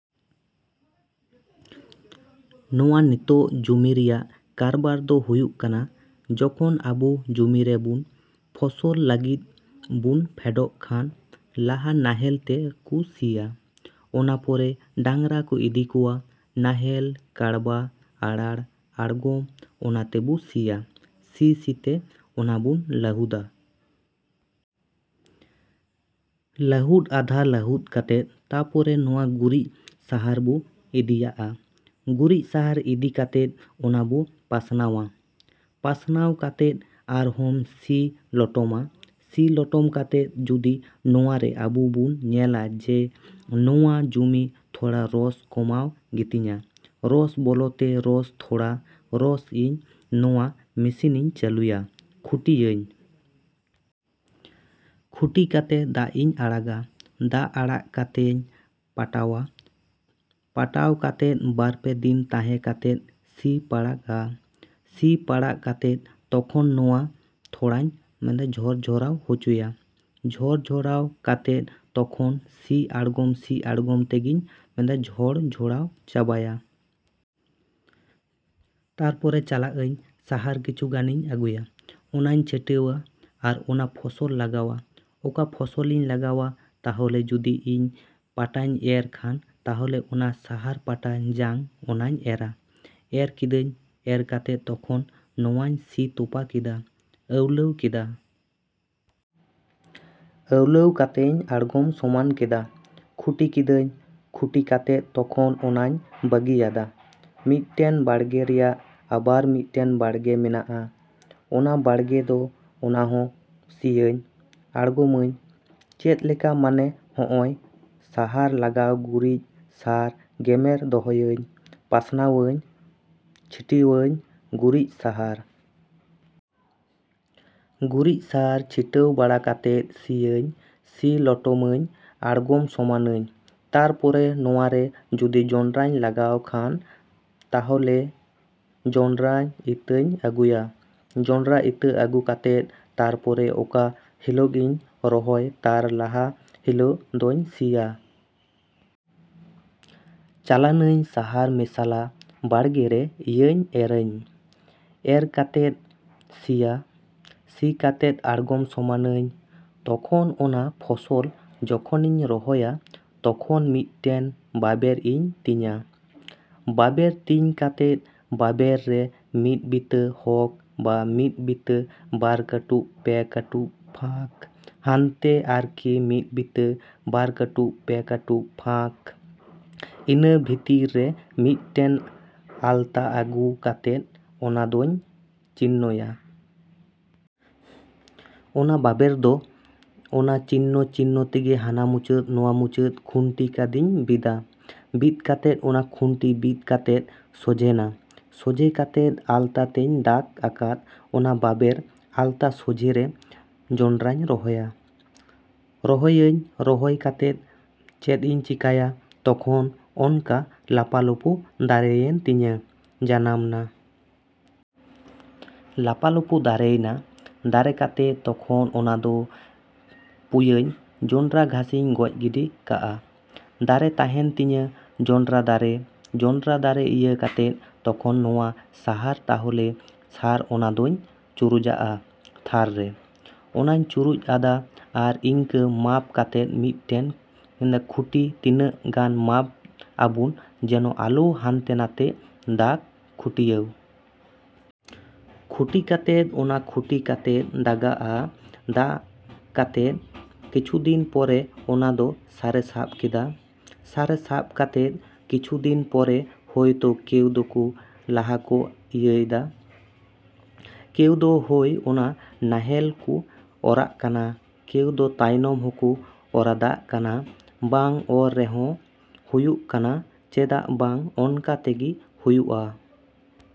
ᱱᱚᱣᱟ ᱱᱤᱛᱚᱜ ᱡᱚᱢᱤ ᱨᱮᱭᱟᱜ ᱠᱟᱨᱵᱟᱨᱫᱚ ᱦᱩᱭᱩᱜ ᱠᱟᱱᱟ, ᱡᱚᱠᱷᱚᱱ ᱟᱵᱚ ᱡᱚᱢᱤᱨᱮ ᱵᱚᱱ ᱯᱷᱚᱥᱚᱞ ᱞᱟᱹᱜᱤᱫ ᱵᱚᱱ ᱯᱷᱮᱰᱚᱜ ᱠᱷᱟᱱ ᱞᱟᱦᱟ ᱱᱟᱦᱮᱞᱛᱮ ᱠᱚ ᱥᱤᱭᱟ᱾ ᱚᱱᱟ ᱯᱚᱨᱮ ᱰᱟᱝᱨᱟ ᱠᱚ ᱤᱫᱤ ᱠᱚᱣᱟ, ᱱᱟᱦᱮᱞ, ᱠᱟᱬᱵᱟ, ᱟᱬᱟᱲ, ᱟᱲᱜᱚᱢ ᱚᱱᱟᱛᱮᱵᱚ ᱥᱤᱭᱟ᱾ ᱥᱤ ᱥᱤᱛᱮ ᱚᱱᱟᱵᱚᱱ ᱞᱟᱹᱦᱩᱫᱟ᱾ ᱞᱟᱹᱦᱩᱫ ᱟᱫᱷᱟ ᱞᱟᱹᱦᱩᱫ ᱠᱟᱛᱮᱫ ᱛᱟᱯᱚᱨᱮ ᱱᱚᱣᱟ ᱜᱩᱨᱤᱡ ᱥᱟᱦᱟᱨᱵᱚ ᱤᱫᱤᱭᱟᱜᱼᱟ᱾ ᱜᱩᱨᱤᱡ ᱥᱟᱦᱟᱨ ᱤᱫᱤ ᱠᱟᱛᱮᱫ ᱚᱱᱟᱵᱚ ᱯᱟᱥᱱᱟᱣᱟ᱾ ᱯᱟᱥᱱᱟᱣ ᱠᱟᱛᱮᱫ ᱟᱨᱦᱚᱢ ᱥᱤ ᱞᱚᱴᱚᱢᱟ᱾ ᱥᱤ ᱞᱚᱴᱚᱢ ᱠᱟᱛᱮᱫ ᱡᱚᱫᱤ ᱱᱚᱣᱟᱨᱮ ᱟᱵᱚ ᱵᱚᱱ ᱧᱮᱞᱟ ᱡᱮ ᱱᱚᱣᱟ ᱡᱚᱢᱤ ᱛᱷᱚᱲᱟ ᱨᱚᱥ ᱠᱚᱢᱟᱣ ᱜᱤᱛᱤᱧᱟ, ᱨᱚᱥ ᱵᱚᱞᱛᱮ ᱨᱚᱥ ᱛᱷᱚᱲᱟ ᱨᱚᱥ ᱤᱧ ᱱᱚᱣᱟ ᱢᱮᱥᱤᱱᱤᱧ ᱪᱟᱹᱞᱩᱭᱟ, ᱠᱷᱩᱴᱤᱭᱟᱹᱧ᱾ ᱠᱷᱩᱴᱤ ᱠᱟᱛᱮᱫ ᱫᱟᱜ ᱤᱧ ᱟᱲᱟᱜᱟ᱾ ᱫᱟᱜ ᱟᱲᱟᱜ ᱠᱟᱛᱮᱧ ᱯᱟᱴᱟᱣᱟ᱾ ᱯᱟᱴᱟᱣ ᱠᱟᱛᱮᱫ ᱵᱟᱨᱼᱯᱮ ᱫᱤᱱ ᱛᱟᱦᱮᱸ ᱠᱟᱛᱮᱫ ᱥᱤ ᱯᱟᱲᱟᱜᱼᱟ᱾ ᱥᱤ ᱯᱟᱲᱟᱜ ᱠᱟᱛᱮᱫ ᱛᱚᱠᱷᱚᱱ ᱱᱚᱣᱟ ᱛᱷᱚᱲᱟᱧ ᱡᱷᱚᱨᱼᱡᱷᱚᱨᱟᱣ ᱚᱪᱚᱭᱟ᱾ ᱡᱷᱚᱨᱼᱡᱷᱚᱲᱟᱣ ᱠᱟᱛᱮᱫ ᱛᱚᱠᱷᱚᱱ ᱥᱤ ᱟᱲᱜᱚᱢ ᱥᱤ ᱟᱲᱜᱚᱢ ᱛᱮᱜᱮᱧ ᱡᱷᱚᱲ-ᱡᱷᱚᱲᱟᱣ ᱪᱟᱵᱟᱭᱟ᱾ ᱛᱟᱨᱯᱚᱨᱮ ᱪᱟᱞᱟᱜᱼᱟᱹᱧ ᱥᱟᱦᱟᱨ ᱠᱤᱪᱷᱩ ᱜᱟᱱᱤᱧ ᱟᱹᱜᱩᱭᱟ, ᱚᱱᱟᱧ ᱪᱷᱤᱴᱤᱣᱟ ᱟᱨ ᱚᱱᱟ ᱯᱷᱚᱥᱚᱞ ᱞᱟᱜᱟᱣᱟ᱾ ᱚᱠᱟ ᱯᱷᱚᱥᱞᱤᱧ ᱞᱟᱜᱟᱣᱟ, ᱛᱟᱦᱚᱞᱮ ᱡᱩᱫᱤ ᱤᱧ ᱯᱟᱴᱟᱧ ᱮᱨ ᱠᱷᱟᱱ ᱛᱟᱦᱞᱮ ᱚᱱᱟ ᱥᱟᱦᱟᱨ ᱯᱟᱴᱟ ᱡᱟᱝ ᱚᱱᱟᱧ ᱮᱨᱟ᱾ ᱮᱨ ᱠᱮᱫᱟᱹᱧ, ᱮᱨ ᱠᱟᱛᱮᱫ ᱛᱚᱠᱷᱚᱱ ᱱᱚᱣᱟᱧ ᱥᱤ ᱛᱚᱯᱟ ᱠᱮᱫᱟ, ᱟᱹᱣᱞᱟᱹᱣ ᱠᱮᱫᱟ᱾ ᱟᱹᱣᱞᱟᱹᱣ ᱠᱟᱛᱮᱧ ᱟᱲᱜᱚᱢ ᱥᱚᱢᱟᱱ ᱠᱮᱫᱟ, ᱠᱷᱩᱴᱤ ᱠᱮᱫᱟᱹᱧ᱾ ᱠᱷᱩᱴᱤ ᱠᱟᱛᱮᱫ ᱛᱚᱠᱷᱚᱱ ᱚᱱᱟᱧ ᱵᱟᱹᱜᱤᱭᱟᱫᱟ᱾ ᱢᱤᱫᱴᱮᱱ ᱵᱟᱲᱜᱮ ᱨᱮᱭᱟᱜ ᱟᱵᱟᱨ ᱢᱤᱫᱴᱮᱱ ᱵᱟᱲᱜᱮ ᱢᱮᱱᱟᱜᱼᱟ᱾ ᱚᱱᱟ ᱵᱟᱲᱜᱮᱫᱚ ᱚᱱᱟᱦᱚᱸ ᱥᱤᱭᱟᱹᱧ, ᱟᱲᱜᱚᱢᱟᱹᱧ᱾ ᱪᱮᱫᱞᱮᱠᱟ ᱢᱟᱱᱮ ᱦᱚᱸᱜᱼᱚᱭ ᱥᱟᱦᱟᱨ ᱞᱟᱜᱟᱣ ᱜᱩᱨᱤᱡ ᱥᱟᱨ ᱜᱮᱢᱮᱨ ᱫᱚᱦᱚᱭᱟᱹᱧ, ᱯᱟᱥᱱᱟᱣᱟᱹᱧ, ᱪᱷᱤᱴᱟᱹᱣᱟᱹᱧ ᱜᱩᱨᱤᱡ ᱥᱟᱦᱟᱨ᱾ ᱜᱩᱨᱤᱡ ᱥᱟᱨ ᱪᱷᱤᱴᱟᱹᱣ ᱵᱟᱲᱟ ᱠᱟᱛᱮᱫ ᱥᱤᱭᱟᱹᱧ, ᱥᱤ ᱞᱚᱴᱚᱢᱟᱹᱧ, ᱟᱲᱜᱚᱢ ᱥᱚᱢᱟᱱᱟᱹᱧ᱾ ᱛᱟᱨᱯᱚᱨᱮ ᱱᱚᱣᱟᱨᱮ ᱡᱩᱫᱤ ᱡᱚᱸᱰᱨᱟᱧ ᱞᱟᱜᱟᱣ ᱠᱷᱟᱱ, ᱛᱟᱦᱚᱞᱮᱧ ᱡᱚᱸᱰᱨᱟ ᱤᱛᱟᱹᱧ ᱟᱹᱜᱩᱭᱟ᱾ ᱡᱚᱸᱰᱨᱟ ᱤᱛᱟᱹ ᱟᱹᱜᱩ ᱠᱟᱛᱮᱫ, ᱛᱟᱨᱯᱚᱨᱮ ᱚᱠᱟ ᱦᱤᱞᱟᱹᱜᱤᱧ ᱨᱚᱦᱚᱭ ᱛᱟᱨ ᱞᱟᱦᱟ ᱦᱤᱞᱟᱹᱜ ᱫᱚᱧ ᱥᱤᱭᱟ᱾ ᱪᱟᱞᱟᱱᱟᱹᱧ ᱥᱟᱦᱟᱨ ᱢᱮᱥᱟᱞᱟ ᱵᱟᱲᱜᱮᱨᱮ ᱤᱭᱟᱹᱧ ᱮᱨᱟᱧ᱾ ᱮᱨ ᱠᱟᱛᱮᱧ ᱥᱤᱭᱟ᱾ ᱥᱤ ᱠᱟᱛᱮᱫ ᱟᱲᱜᱚᱢ ᱥᱚᱢᱟᱱᱟᱹᱧ᱾ ᱛᱚᱠᱷᱚᱱ ᱚᱱᱟ ᱯᱷᱚᱥᱚᱞ ᱡᱚᱠᱷᱚᱱᱤᱧ ᱨᱚᱦᱚᱭᱟ ᱛᱚᱠᱷᱚᱱ ᱢᱤᱫᱴᱮᱱ ᱵᱟᱵᱮᱨ ᱤᱧ ᱛᱤᱡᱟ᱾ ᱵᱟᱵᱮᱨ ᱛᱤᱡ ᱠᱟᱛᱮᱫ ᱵᱟᱵᱮᱨ ᱨᱮ ᱢᱤᱫ ᱵᱤᱛᱟᱹ ᱦᱳᱠ ᱵᱟ ᱢᱤᱫ ᱵᱤᱛᱟᱹ ᱵᱟᱨ ᱠᱟᱹᱴᱩᱵ ᱯᱮ ᱠᱟᱹᱴᱩᱵ ᱯᱷᱟᱸᱠ ᱦᱟᱱᱛᱮ ᱟᱨᱠᱤ ᱢᱤᱫ ᱵᱤᱛᱟᱹ ᱵᱟᱨ ᱠᱟᱹᱴᱩᱵ ᱯᱮ ᱠᱟᱹᱴᱩᱵ ᱯᱷᱟᱸᱠ ᱤᱱᱟᱹ ᱵᱷᱤᱛᱤᱨ ᱨᱮ ᱢᱤᱫᱴᱮᱱ ᱟᱞᱛᱟ ᱟᱹᱜᱩ ᱠᱟᱛᱮᱫ ᱚᱱᱟᱫᱚᱧ ᱪᱤᱱᱱᱚᱭᱟ᱾ ᱚᱱᱟ ᱵᱟᱵᱮᱨᱫᱚ ᱚᱱᱟ ᱪᱤᱱᱱᱚ-ᱪᱤᱱᱱᱚ ᱛᱮᱜᱮ ᱦᱟᱱᱟ ᱢᱩᱪᱟᱹᱫ ᱱᱚᱣᱟ ᱢᱩᱪᱟᱹᱫ ᱠᱷᱩᱱᱴᱤ ᱠᱟᱫᱤᱧ ᱵᱤᱫᱟ᱾ ᱵᱤᱫ ᱠᱟᱛᱮᱫ ᱚᱱᱟ ᱠᱷᱩᱱᱴᱤ ᱵᱤᱫ ᱠᱟᱛᱮᱫ ᱥᱳᱡᱷᱮᱱᱟ, ᱥᱚᱡᱷᱮ ᱠᱟᱛᱮᱫ ᱟᱞᱛᱟ ᱛᱮᱧ ᱫᱟᱜᱽ ᱟᱠᱟᱫ ᱚᱱᱟ ᱵᱟᱵᱮᱨ ᱟᱞᱛᱟ ᱥᱚᱡᱷᱮᱨᱮ ᱡᱚᱸᱰᱨᱟᱧ ᱨᱚᱦᱚᱭᱟ᱾ ᱨᱚᱦᱚᱭᱟᱹᱧ, ᱨᱚᱦᱚᱭ ᱠᱟᱛᱮᱫ ᱪᱮᱫᱼᱤᱧ ᱪᱮᱠᱟᱭᱟ ᱛᱚᱠᱷᱚᱱ ᱮᱱᱠᱟ ᱞᱟᱯᱟᱞᱳᱯᱳ ᱫᱟᱨᱮᱭᱮᱱ ᱛᱤᱧᱟᱹ, ᱡᱟᱱᱟᱢᱱᱟ᱾ ᱞᱟᱯᱟᱞᱳᱯᱳ ᱫᱟᱨᱮᱭᱱᱟ᱾ ᱫᱟᱨᱮ ᱠᱟᱛᱮᱫ ᱛᱚᱠᱷᱚᱱ ᱚᱱᱟᱫᱚ ᱯᱩᱭᱟᱹᱧ ᱡᱚᱸᱰᱨᱟ ᱜᱷᱟᱥᱤᱧ ᱜᱚᱡ ᱜᱤᱰᱤ ᱠᱟᱜᱼᱟ᱾ ᱫᱟᱨᱮ ᱛᱟᱦᱮᱱ ᱛᱤᱧᱟᱹ ᱡᱚᱸᱰᱨᱟ ᱫᱟᱨᱮ᱾ ᱡᱚᱸᱰᱨᱟ ᱫᱟᱨᱮ ᱤᱭᱟᱹ ᱠᱟᱛᱮᱫ ᱛᱚᱠᱷᱚᱱ ᱱᱚᱣᱟ ᱥᱟᱦᱟᱨ ᱛᱟᱦᱚᱞᱮ ᱥᱟᱨ ᱚᱱᱟᱫᱚᱧ ᱪᱩᱨᱩᱡᱟᱜᱼᱟ ᱛᱷᱟᱨ ᱨᱮ᱾ ᱚᱱᱟᱧ ᱪᱩᱨᱩᱡᱼᱟᱫᱟ ᱟᱨ ᱤᱝᱠᱟ ᱢᱟᱯ ᱠᱟᱛᱮᱫ ᱢᱤᱫᱴᱮᱱ ᱠᱷᱩᱴᱤ ᱛᱤᱱᱟᱹᱜ ᱜᱟᱱ ᱢᱟᱯ ᱟᱵᱚᱱ ᱡᱮᱱᱚ ᱟᱞᱚ ᱦᱟᱱᱛᱮ ᱱᱟᱛᱮ ᱫᱟᱜ ᱠᱷᱴᱤᱭᱟᱣ᱾ ᱠᱷᱩᱴᱤ ᱠᱟᱛᱮᱫ ᱚᱱᱟ ᱠᱷᱩᱴᱤ ᱠᱟᱛᱮᱫ ᱫᱟᱜᱟᱜᱼᱟ᱾ ᱫᱟᱜ ᱠᱟᱛᱮᱫ ᱠᱤᱪᱷᱩᱫᱤᱱ ᱯᱚᱨᱮ ᱚᱱᱟᱫᱚ ᱥᱟᱨᱮ ᱥᱟᱵ ᱠᱮᱫᱟ᱾ ᱥᱟᱨᱮ ᱥᱟᱵ ᱠᱟᱛᱮᱫ ᱠᱤᱪᱷᱩᱫᱤᱱ ᱯᱚᱨᱮ ᱦᱚᱭᱛᱚ ᱠᱮᱣ ᱫᱚᱠᱚ ᱞᱟᱦᱟᱠᱚ ᱤᱭᱟᱹᱭᱫᱟ᱾ ᱠᱮᱣᱫᱚ ᱦᱳᱭ ᱚᱱᱟ ᱱᱟᱦᱮᱞᱠᱚ ᱚᱨᱟᱜ ᱠᱟᱱᱟ᱾ ᱠᱮᱣᱫᱚ ᱛᱟᱭᱱᱚᱢ ᱦᱚᱸᱠᱚ ᱚᱨᱟᱫᱟᱜ ᱠᱟᱱᱟ ᱵᱟᱝ ᱚᱨ ᱨᱮᱦᱚᱸ ᱦᱩᱭᱩᱜ ᱠᱟᱱᱟ ᱪᱮᱫᱟᱜ ᱵᱟᱝ ᱮᱱᱠᱟ ᱛᱮᱜᱮ ᱦᱩᱭᱩᱜᱼᱟ᱾।